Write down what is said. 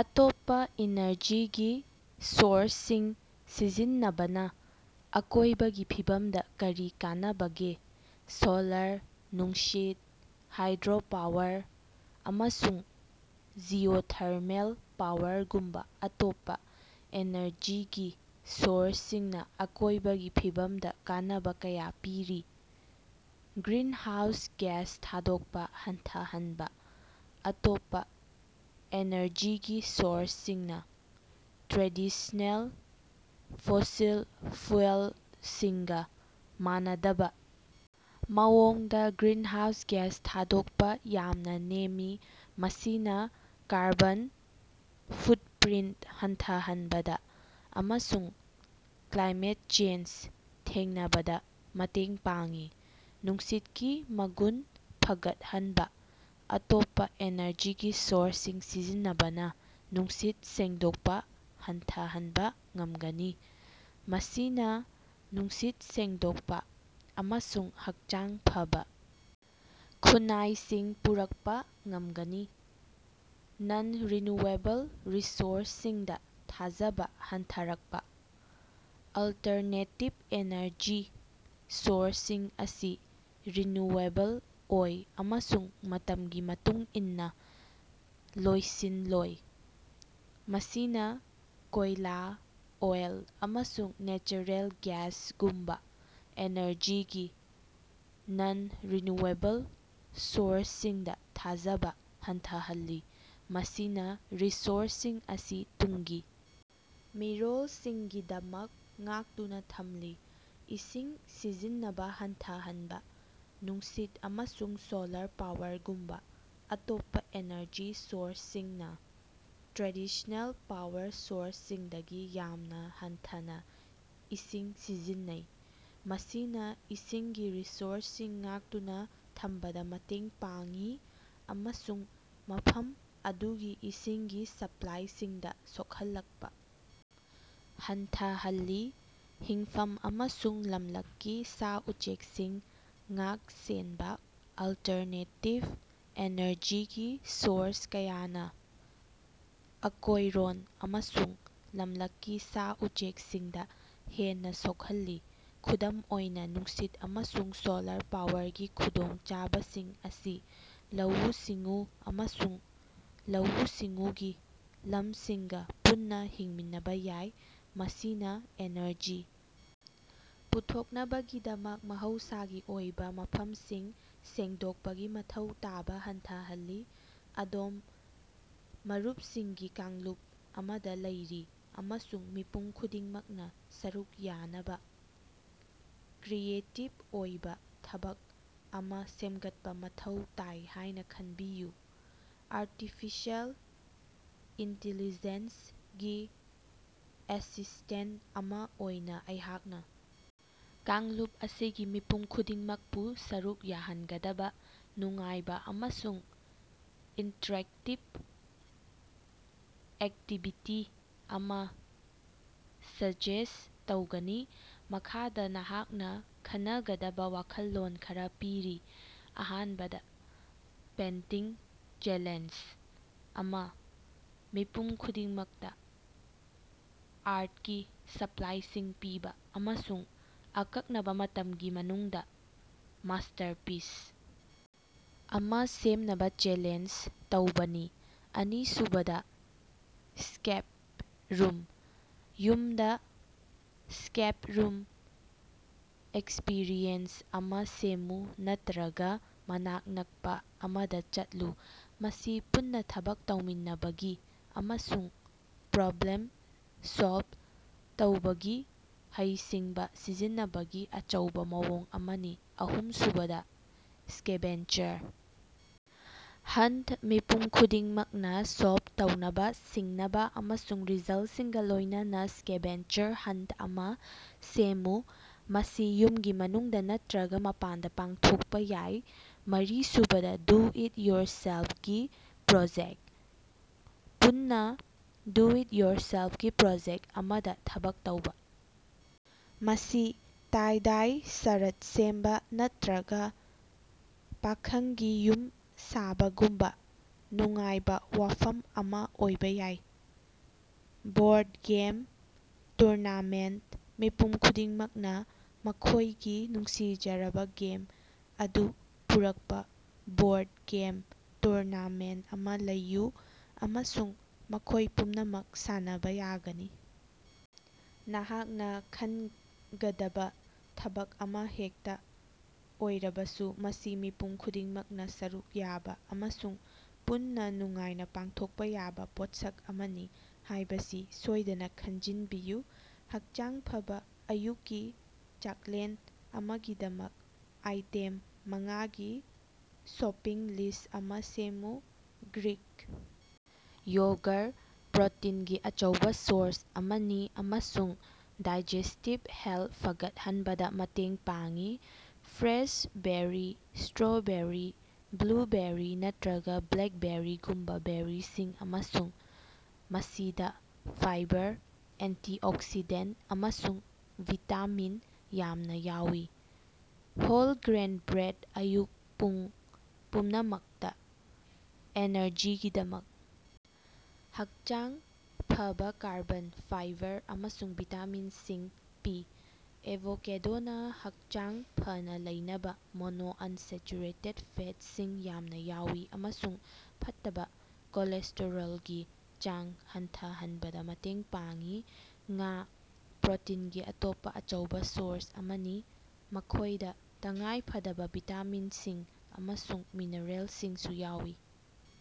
ꯑꯇꯣꯞꯄꯥ ꯏꯅꯔꯖꯤꯒꯤ ꯁꯣꯔꯁꯁꯤꯡ ꯁꯤꯖꯤꯟꯅꯕꯅꯥ ꯑꯀꯣꯏꯕꯒꯤ ꯐꯤꯕꯝꯗꯥ ꯀꯔꯤ ꯀꯥꯟꯅꯕꯒꯦ? ꯁꯣꯂꯥꯔ, ꯅꯨꯡꯁꯤꯠ, ꯍꯥꯏꯗ꯭ꯔꯣꯄꯥꯋꯔ ꯑꯃꯁꯨꯡ ꯖꯤꯑꯣꯊꯔꯃꯦꯜ ꯄꯥꯋꯔꯒꯨꯝꯕꯥ ꯑꯇꯣꯞꯄꯥ ꯏꯅꯔꯖꯤꯒꯤ ꯁꯣꯔꯁꯁꯤꯡꯅꯥ ꯑꯀꯣꯏꯕꯒꯤ ꯐꯤꯕꯝꯗꯥ ꯀꯥꯟꯅꯕꯥ ꯀꯌꯥ ꯄꯤꯔꯤ꯫ ꯒ꯭ꯔꯤꯟꯍꯥꯎꯁ ꯒ꯭ꯌꯥꯁ ꯊꯥꯗꯣꯛꯄꯥ ꯍꯟꯊꯍꯟꯕꯥ: ꯑꯇꯣꯞꯄꯥ ꯑꯦꯅꯔꯖꯤꯒꯤ ꯁꯣꯔꯁꯁꯤꯡꯅꯥ ꯇ꯭ꯔꯦꯗꯤꯁꯅꯦꯜ ꯐꯣꯁꯤꯜ ꯐ꯭ꯌꯨꯑꯦꯜꯁꯤꯡꯒꯥ ꯃꯥꯟꯅꯗꯕꯥ ꯃꯑꯣꯡꯗꯥ ꯒ꯭ꯔꯤꯟꯍꯥꯎꯁ ꯒ꯭ꯌꯥꯁ ꯊꯥꯗꯣꯛꯄꯥ ꯌꯥꯝꯅꯥ ꯅꯦꯝꯃꯤ꯫ ꯃꯁꯤꯅꯥ ꯀꯥꯔꯕꯣꯟ ꯐꯨꯠꯄ꯭ꯔꯤꯟꯇ ꯍꯟꯊꯍꯟꯕꯗꯥ ꯑꯃꯁꯨꯡ ꯀ꯭ꯂꯥꯏꯃꯦꯠ ꯆꯦꯟꯖ ꯊꯦꯡꯅꯕꯗꯥ ꯃꯇꯦꯡ ꯄꯥꯡꯏ꯫ ꯅꯨꯡꯁꯤꯠꯀꯤ ꯃꯒꯨꯟ ꯐꯒꯠꯍꯟꯕꯥ: ꯑꯇꯣꯞꯄꯥ ꯏꯅꯔꯖꯤꯒꯤ ꯁꯣꯔꯁꯁꯤꯡ ꯁꯤꯖꯤꯟꯅꯕꯅꯥ ꯅꯨꯡꯁꯤꯠ ꯁꯦꯡꯗꯣꯛꯄꯥ ꯍꯟꯊꯍꯟꯕꯥ ꯉꯝꯒꯅꯤ, ꯃꯁꯤꯅꯥ ꯅꯨꯡꯁꯤꯠ ꯁꯦꯡꯗꯣꯛꯄꯥ ꯑꯃꯁꯨꯡ ꯍꯛꯆꯥꯡ ꯐꯕꯥ ꯈꯨꯟꯅꯥꯏꯁꯤꯡ ꯄꯨꯔꯛꯄꯥ ꯉꯝꯒꯅꯤ꯫ ꯅꯟ-ꯔꯤꯅ꯭ꯌꯨꯑꯦꯕꯜ ꯔꯤꯁꯣꯔꯁꯁꯤꯡꯗꯥ ꯊꯥꯖꯕꯥ ꯍꯟꯊꯔꯛꯄꯥ: ꯑꯜꯇꯔꯅꯦꯇꯤꯞ ꯏꯅꯔꯖꯤ ꯁꯣꯔꯁꯁꯤꯡ ꯑꯁꯤ ꯔꯤꯅ꯭ꯌꯨꯑꯦꯕꯜ ꯑꯣꯏ ꯑꯃꯁꯨꯡ ꯃꯇꯝꯒꯤ ꯃꯇꯨꯡ ꯏꯟꯅꯥ ꯂꯣꯏꯁꯤꯟꯂꯣꯏ꯫ ꯃꯁꯤꯅꯥ ꯀꯣꯏꯂꯥ, ꯑꯣꯏꯜ, ꯑꯃꯁꯨꯡ ꯅꯦꯆꯔꯦꯜ ꯒ꯭ꯌꯥꯁꯒꯨꯝꯕꯥ ꯏꯅꯔꯖꯤꯒꯤ ꯅꯟ-ꯔꯤꯅ꯭ꯌꯨꯑꯦꯕꯜ ꯁꯣꯔꯁꯁꯤꯡꯗꯥ ꯊꯥꯖꯕꯥ ꯍꯟꯊꯍꯜꯂꯤ, ꯃꯁꯤꯅꯥ ꯔꯤꯁꯣꯔꯁꯁꯤꯡ ꯑꯁꯤ ꯇꯨꯡꯒꯤ ꯃꯤꯔꯣꯜꯁꯤꯡꯒꯤꯗꯃꯛ ꯉꯥꯛꯇꯨꯅꯥ ꯊꯝꯂꯤ꯫ ꯏꯁꯤꯡ ꯁꯤꯖꯤꯟꯅꯕꯥ ꯍꯟꯊꯍꯟꯕꯥ: ꯅꯨꯡꯁꯤꯠ ꯑꯃꯁꯨꯡ ꯁꯣꯂꯥꯔ ꯄꯥꯋꯔꯒꯨꯝꯕꯥ ꯑꯇꯣꯞꯄꯥ ꯏꯅꯔꯖꯤ ꯁꯣꯔꯁꯁꯤꯡꯅꯥ ꯇ꯭ꯔꯦꯗꯤꯁꯅꯦꯜ ꯄꯥꯋꯔ ꯁꯣꯔꯁꯁꯤꯡꯗꯒꯤ ꯌꯥꯝꯅꯥ ꯍꯟꯊꯅꯥ ꯏꯁꯤꯡ ꯁꯤꯖꯤꯟꯅꯩ꯫ ꯃꯁꯤꯅꯥ ꯏꯁꯤꯡꯒꯤ ꯔꯤꯁꯣꯔꯁꯁꯤꯡ ꯉꯥꯛꯇꯨꯅꯥ ꯊꯝꯕꯗꯥ ꯃꯇꯦꯡ ꯄꯥꯡꯏ ꯑꯃꯁꯨꯡ ꯃꯐꯝ ꯑꯗꯨꯒꯤ ꯏꯁꯤꯡꯒꯤ ꯁꯄ꯭ꯂꯥꯏꯁꯤꯡꯗꯥ ꯁꯣꯛꯍꯜꯂꯛꯄꯥ ꯍꯟꯊꯍꯜꯂꯤ꯫ ꯍꯤꯡꯐꯝ ꯑꯃꯁꯨꯡ ꯂꯝꯂꯛꯀꯤ ꯁꯥ-ꯎꯆꯦꯛꯁꯤꯡ ꯉꯥꯛ-ꯁꯦꯟꯕꯥ: ꯑꯜꯇꯔꯅꯦꯇꯤꯚ ꯑꯦꯅꯔꯖꯤꯒꯤ ꯁꯣꯔꯁ ꯀꯌꯥꯅꯥ ꯑꯀꯣꯏꯔꯣꯟ ꯑꯃꯁꯨꯡ ꯂꯝꯂꯛꯀꯤ ꯁꯥ-ꯎꯆꯦꯛꯁꯤꯡꯗꯥ ꯍꯦꯟꯅꯥ ꯁꯣꯛꯍꯜꯂꯤ꯫ ꯈꯨꯗꯝ ꯑꯣꯏꯅꯥ, ꯅꯨꯡꯁꯤꯠ ꯑꯃꯁꯨꯡ ꯁꯣꯂꯥꯔ ꯄꯥꯋꯔꯒꯤ ꯈꯨꯗꯣꯡꯆꯥꯕꯁꯤꯡ ꯑꯁꯤ ꯂꯧꯎ-ꯁꯤꯡꯎ ꯑꯃꯁꯨꯡ ꯂꯧꯎ-ꯁꯤꯡꯎꯒꯤ ꯂꯝꯁꯤꯡꯒꯥ ꯄꯨꯟꯅꯥ ꯍꯤꯡꯃꯤꯟꯅꯕꯥ ꯌꯥꯏ, ꯃꯁꯤꯅꯥ ꯏꯅꯔꯖꯤ ꯄꯨꯊꯣꯛꯅꯕꯒꯤꯗꯃꯛ ꯃꯍꯧꯁꯥꯒꯤ ꯑꯣꯏꯕꯥ ꯃꯐꯝꯁꯤꯡ ꯁꯦꯡꯗꯣꯛꯄꯒꯤ ꯃꯊꯧ ꯇꯥꯕꯥ ꯍꯟꯊꯍꯜꯂꯤ꯫ ꯑꯗꯣꯝ ꯃꯔꯨꯞꯁꯤꯡꯒꯤ ꯀꯥꯡꯂꯨꯞ ꯑꯃꯗꯥ ꯂꯩꯔꯤ ꯑꯃꯁꯨꯡ ꯃꯤꯄꯨꯝ ꯈꯨꯗꯤꯡꯃꯛꯅꯥ ꯁꯔꯨꯛ ꯌꯥꯅꯕꯥ ꯀ꯭ꯔꯤꯌꯦꯇꯤꯕ ꯑꯣꯏꯕꯥ ꯊꯕꯛ ꯑꯃꯥ ꯁꯦꯝꯒꯠꯄꯥ ꯃꯊꯧ ꯇꯥꯏ ꯍꯥꯏꯅꯥ ꯈꯟꯕꯤꯌꯨ꯫ ꯑꯔꯇꯤꯐꯤꯁꯦꯜ ꯏꯟꯇꯤꯂꯤꯖꯦꯟꯁꯒꯤ ꯑꯦꯁꯤꯁꯇꯦꯟꯇ ꯑꯃꯥ ꯑꯣꯏꯅꯥ ꯑꯩꯍꯥꯛꯅꯥ ꯀꯥꯡꯂꯨꯞ ꯑꯁꯤꯒꯤ ꯃꯤꯄꯨꯝ ꯈꯨꯗꯤꯡꯃꯛꯄꯨ ꯁꯔꯨꯛ ꯌꯥꯍꯟꯒꯗꯕꯥ ꯅꯨꯡꯉꯥꯏꯕꯥ ꯑꯃꯁꯨꯡ ꯏꯟꯇ꯭ꯔꯦꯛꯇꯤꯕ ꯑꯦꯛꯇꯤꯕꯤꯇꯤ ꯑꯃꯥ ꯁꯖꯦꯁ ꯇꯧꯒꯅꯤ꯫ ꯃꯈꯥꯗꯥ ꯅꯍꯥꯛꯅꯥ ꯈꯟꯅꯒꯗꯕꯥ ꯋꯥꯈꯜꯂꯣꯟ ꯈꯔꯥ ꯄꯤꯔꯤ: ꯑꯍꯥꯟꯕꯗ ꯄꯦꯟꯇꯤꯡ ꯆꯦꯂꯦꯟꯖ ꯑꯃꯥ: ꯃꯤꯄꯨꯝ ꯈꯨꯗꯤꯡꯃꯛꯇꯥ ꯑꯥꯔꯠꯀꯤ ꯁꯄ꯭ꯂꯥꯏꯁꯤꯡ ꯄꯤꯕꯥ ꯑꯃꯁꯨꯡ ꯑꯀꯛꯅꯕꯥ ꯃꯇꯝꯒꯤ ꯃꯅꯨꯡꯗꯥ ꯃꯥꯁꯇꯔꯄꯤꯁ ꯑꯃꯥ ꯁꯦꯝꯅꯕꯥ ꯆꯦꯂꯦꯟꯖ ꯇꯧꯕꯥꯅꯤ꯫ ꯑꯅꯤꯁꯨꯕꯗ ꯁ꯭ꯀꯦꯞ ꯔꯨꯝ: ꯌꯨꯝꯗꯥ ꯁ꯭ꯀꯦꯞ ꯔꯨꯝ ꯑꯦꯛꯁꯄꯤꯔꯤꯑꯦꯟꯁ ꯑꯃꯥ ꯁꯦꯝꯃꯨ ꯅꯠꯇ꯭ꯔꯒꯥ ꯃꯅꯥꯛ ꯅꯛꯄꯥ ꯑꯃꯗꯥ ꯆꯠꯂꯨ꯫ ꯃꯁꯤ ꯄꯨꯟꯅꯥ ꯊꯕꯛ ꯇꯧꯃꯤꯟꯅꯕꯒꯤ ꯑꯃꯁꯨꯡ ꯄ꯭ꯔꯣꯕ꯭ꯂꯦꯝ ꯁꯣꯜꯕ ꯇꯧꯕꯒꯤ ꯍꯩꯁꯤꯡꯕꯥ ꯁꯤꯖꯤꯟꯅꯕꯒꯤ ꯑꯆꯧꯕꯥ ꯃꯑꯣꯡ ꯑꯃꯅꯤ꯫ ꯑꯍꯨꯝꯁꯨꯕꯗꯥ ꯁ꯭ꯀꯦꯚꯦꯟꯖꯔ ꯍꯟꯇ: ꯃꯤꯄꯨꯝ ꯈꯨꯗꯤꯡꯃꯛꯅꯥ ꯁꯣꯜꯕ ꯇꯧꯅꯕꯥ ꯁꯤꯡꯅꯕꯥ ꯑꯃꯁꯨꯡ ꯔꯤꯖꯜꯁꯤꯡꯒꯥ ꯂꯣꯏꯅꯅꯥ ꯁ꯭ꯀꯦꯚꯦꯟꯖꯔ ꯍꯟꯇ ꯑꯃꯥ ꯁꯦꯝꯃꯨ꯫ ꯃꯁꯤ ꯌꯨꯝꯒꯤ ꯃꯅꯨꯡꯗꯥ ꯅꯠꯇ꯭ꯔꯒꯥ ꯃꯄꯥꯟꯗꯥ ꯄꯥꯡꯊꯣꯛꯄꯥ ꯌꯥꯏ꯫ ꯃꯔꯤꯁꯨꯕꯗ ꯗꯨ ꯏꯠ ꯌꯣꯔꯁꯦꯜꯄꯒꯤ ꯄ꯭ꯔꯣꯖꯦꯛꯇ: ꯄꯨꯟꯅꯥ ꯗꯨ ꯏꯠ ꯌꯣꯔꯁꯦꯜꯄꯒꯤ ꯄ꯭ꯔꯣꯖꯦꯛꯇ ꯑꯃꯗꯥ ꯊꯕꯛ ꯇꯧꯕꯥ꯫ ꯃꯁꯤ ꯇꯥꯏ-ꯗꯥꯏ ꯁꯔꯠ ꯁꯦꯝꯕꯥ ꯅꯠꯇ꯭ꯔꯒꯥ ꯄꯥꯈꯪꯒꯤ ꯌꯨꯝ ꯁꯥꯕꯒꯨꯝꯕꯥ ꯅꯨꯡꯉꯥꯏꯕꯥ ꯋꯥꯐꯝ ꯑꯃꯥ ꯑꯣꯏꯕꯥ ꯌꯥꯏ꯫ ꯕꯣꯔꯗ ꯒꯦꯝ ꯇꯨꯔꯅꯥꯃꯦꯟꯇ: ꯃꯤꯄꯨꯝ ꯈꯨꯗꯤꯡꯃꯛꯅꯥ ꯃꯈꯣꯏꯒꯤ ꯅꯨꯡꯁꯤꯖꯔꯕꯥ ꯒꯦꯝ ꯑꯗꯨ ꯄꯨꯔꯛꯄꯥ ꯕꯣꯔꯗ ꯒꯦꯝ ꯇꯨꯔꯅꯥꯃꯦꯟꯇ ꯑꯃꯥ ꯂꯩꯌꯨ, ꯑꯃꯁꯨꯡ ꯃꯈꯣꯏ ꯄꯨꯝꯅꯃꯛ ꯁꯥꯟꯅꯕꯥ ꯌꯥꯒꯅꯤ꯫ ꯅꯍꯥꯛꯅꯥ ꯈꯟꯒꯗꯕꯥ ꯊꯕꯛ ꯑꯃꯥ ꯍꯦꯛꯇꯥ ꯑꯣꯏꯔꯕꯁꯨ, ꯃꯁꯤ ꯃꯤꯄꯨꯝ ꯈꯨꯗꯤꯡꯃꯛꯅꯥ ꯁꯔꯨꯛ ꯌꯥꯕꯥ ꯑꯃꯁꯨꯡ ꯄꯨꯟꯅꯥ ꯅꯨꯡꯉꯥꯏꯅꯥ ꯄꯥꯡꯊꯣꯛꯄꯥ ꯌꯥꯕꯥ ꯄꯣꯠꯁꯛ ꯑꯃꯅꯤ ꯍꯥꯏꯕꯁꯤ ꯁꯣꯏꯗꯅꯥ ꯈꯪꯖꯤꯟꯕꯤꯌꯨ꯫ ꯍꯛꯆꯥꯡ ꯐꯕꯥ ꯑꯌꯨꯛꯀꯤ ꯆꯥꯛꯂꯦꯟ ꯑꯃꯒꯤꯗꯃꯛ ꯑꯥꯏꯇꯦꯝ ꯃꯉꯥꯒꯤ ꯁꯣꯄꯤꯡ ꯂꯤꯁ ꯑꯃꯥ ꯁꯦꯝꯃꯨ꯫ ꯒ꯭ꯔꯤꯛ ꯌꯣꯒꯔ ꯄ꯭ꯔꯣꯇꯤꯟꯒꯤ ꯑꯆꯧꯕꯥ ꯁꯣꯔꯁ ꯑꯃꯅꯤ ꯑꯃꯁꯨꯡ ꯗꯥꯏꯖꯦꯁꯇꯤꯚ ꯍꯦꯜꯊ ꯐꯒꯠꯍꯟꯕꯗꯥ ꯃꯇꯦꯡ ꯄꯥꯡꯏ ꯐ꯭ꯔꯦꯁ ꯕꯦꯔꯤ ꯏꯁꯇ꯭ꯔꯣꯕꯦꯔꯤ, ꯕ꯭ꯂꯨꯕꯦꯔꯤ ꯅꯠꯇ꯭ꯔꯒꯥ ꯕ꯭ꯂꯦꯛꯕꯦꯔꯤꯒꯨꯝꯕꯥ ꯕꯦꯔꯤꯁꯤꯡ ꯑꯃꯁꯨꯡ ꯃꯁꯤꯗꯥ ꯐꯥꯏꯕꯔ, ꯑꯦꯟꯇꯤꯑꯣꯛꯁꯤꯗꯦꯟꯇ ꯑꯃꯁꯨꯡ ꯚꯤꯇꯥꯃꯤꯟ ꯌꯥꯝꯅꯥ ꯌꯥꯎꯏ꯫ ꯍꯣꯜ ꯒ꯭ꯔꯦꯟ ꯕ꯭ꯔꯦꯗ ꯑꯌꯨꯛ ꯄꯨꯡ ꯄꯨꯝꯅꯃꯛꯇꯥ ꯑꯦꯅꯔꯖꯤꯒꯤꯗꯃꯛ ꯍꯛꯆꯥꯡ ꯐꯕꯥ ꯀꯥꯔꯕꯣꯟ, ꯐꯥꯏꯕꯔ ꯑꯃꯁꯨꯡ ꯚꯤꯇꯥꯃꯤꯟꯁꯤꯡ ꯄꯤ꯫ ꯑꯦꯚꯣꯀꯦꯗꯣꯅ ꯍꯛꯆꯥꯡ ꯐꯅꯥ ꯂꯩꯅꯕꯥ ꯃꯣꯅꯣꯑꯟꯁꯦꯆꯨꯔꯦꯇꯦꯗ ꯐꯦꯠꯁꯤꯡ ꯌꯥꯝꯅꯥ ꯌꯥꯎꯏ ꯑꯃꯁꯨꯡ ꯐꯠꯇꯕꯥ ꯀꯣꯂꯦꯁꯇꯦꯔꯣꯜꯒꯤ ꯆꯥꯡ ꯍꯟꯊꯍꯟꯕꯗꯥ ꯃꯇꯦꯡ ꯄꯥꯡꯏ꯫ ꯉꯥ – ꯄ꯭ꯔꯣꯇꯤꯟꯒꯤ ꯑꯇꯣꯞꯄꯥ ꯑꯆꯧꯕꯥ ꯁꯣꯔꯁ ꯑꯃꯅꯤ, ꯃꯈꯣꯏꯗꯥ ꯇꯉꯥꯏꯐꯗꯕꯥ ꯚꯤꯇꯥꯃꯤꯟꯁꯤꯡ ꯑꯃꯁꯨꯡ ꯃꯤꯅꯔꯦꯜꯁꯤꯡꯁꯨ ꯌꯥꯎꯏ꯫